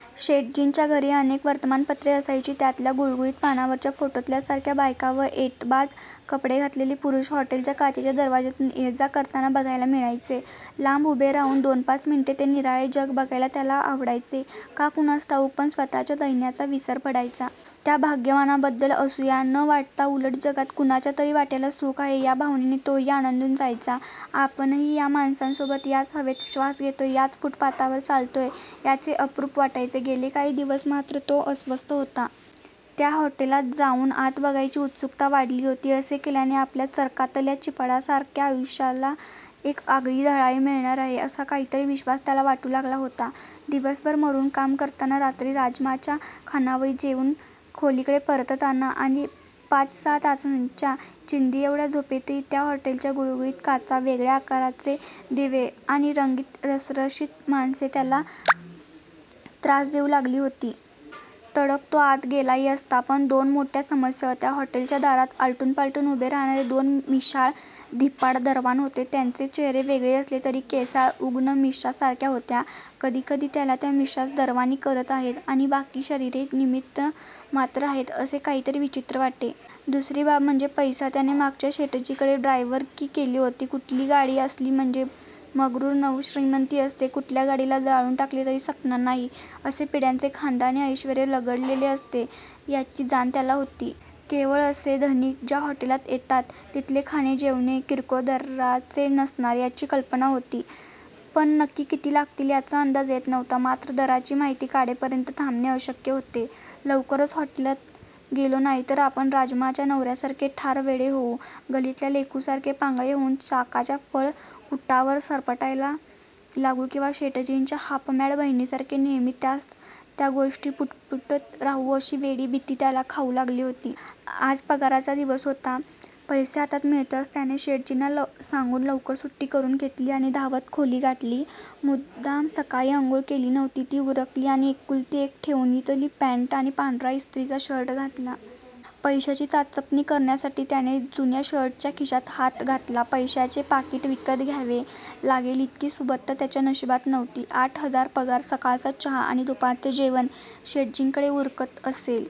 शेटजींच्या घरी अनेक वर्तमानपत्रे असायची त्यातल्या गुळगुळीत पानांवरच्या फोटोतल्यासारख्या बायका व ऐटबाज कपडे घातलेले पुरुष हॉटेलच्या काचेच्या दरवाजातून ये जा करताना बघायला मिळायचे. लांब उभे राहून दोनपाच मिनिटे ते निराळे जग बघायला त्याला आवडायचे, का कुणास ठाऊक पण स्वतःच्या दैन्याचा विसर पडायचा. त्या भाग्यवानांबद्दल असूया न वाटता उलट जगात कुणाच्या तरी वाट्याला सुख आहे या भावनेने तोही आनंदून जायचा. आपणही या माणसांसोबत याच हवेत श्वास घेतोय, याच फूटपाथवर चालतोय याचे अप्रूप वाटायचे. गेले काही दिवस मात्र तो अस्वस्थ होता. त्या हॉटेलात जाऊन आत बघायची उत्सुकता वाढली होती. असे केल्याने आपल्या चरकातल्या चिपाडासारख्या आयुष्याला एक आगळी झळाळी मिळणार आहे, असा काहीतरी विश्वास त्याला वाटू लागला होता. दिवसभर मरून काम करताना, रात्री राजम्माच्या खानावळीत जेवून खोलीकडे परतताना आणि पाच सहा तासाच्या चिंधीएवढ्या झोपेतही त्या हॉटेलच्या गुळगुळीत काचा, वेगळ्या आकाराचे दिवे आणि रंगीत रसरशीत माणसे त्याला त्रास देऊ लागली होती. तडक तो आत गेलाही असता पण दोन मोठ्या समस्या होत्या. हॉटेलच्या दारात आलटून पालटून उभे राहणारे दोन मिशाळ, धिप्पाड दरवान होते. त्यांचे चेहरे वेगळे असले तरी केसाळ उग्र मिशा सारख्या होत्या. कधीकधी त्याला त्या मिशाच दरवानी करत आहेत आणि बाकी शरीरे निमित्तमात्र आहेत असे काहीतरी विचित्र वाटे. दुसरी बाब म्हणजे पैसा. त्याने मागच्या शेटजीकडे ड्रायव्हरकी केली होती. कुठली गाडी असली म्हणजे मग्रूर नवश्रीमंती असते, कुठल्या गाडीला जाळून टाकले तरी संपणार नाही असे पिढ्यांचे खानदानी ऐश्वर्य लगडलेले असते याची जाण त्याला होती. केवळ असे धनिक ज्या हॉटेलात येतात तिथले खाणे जेवणे किरकोळ दराचे नसणार याची कल्पना होती पण नक्की किती लागतील याचा अंदाज येत नव्हता. मात्र दराची माहीती काढेपर्यंत थांबणे अशक्य होते. लवकरच हॉटेलात गेलो नाही तर आपण राजम्माच्या नवऱ्यासारखे ठार वेडे होऊ, गल्लीतल्या लेखूसारखे पांगळे होऊन चाकाच्या फळकुटावर सरपटायला लागू किंवा शेटजींच्या हाफ मॅड बहिणीसारखे नेहमी त्याच त्या गोष्टी पुटपुटत राहू अशी वेडी भीती त्याला खाऊ लागली होती. आज पगाराचा दिवस होता. पैसे हातात मिळताच त्याने शेटजींना सांगून लवकर सुट्टी करून घेतली आणि धावत खोली गाठली. मुद्दाम सकाळी आंघोळ केली नव्हती, ती उरकली आणि एकुलती एक ठेवणीतली पँट आणि पांढरा इस्त्रीचा शर्ट घातला. पैशाची चाचपणी करण्यासाठी त्याने जुन्या शर्टच्या खिशात हात घातला. पैशाचे पाकीट विकत घ्यावे लागेल इतकी सुबत्ता त्याच्या नशिबात नव्हती. आठ हजार पगार. सकाळचा चहा आणि दुपारचे जेवण शेटजींकडे उरकत असले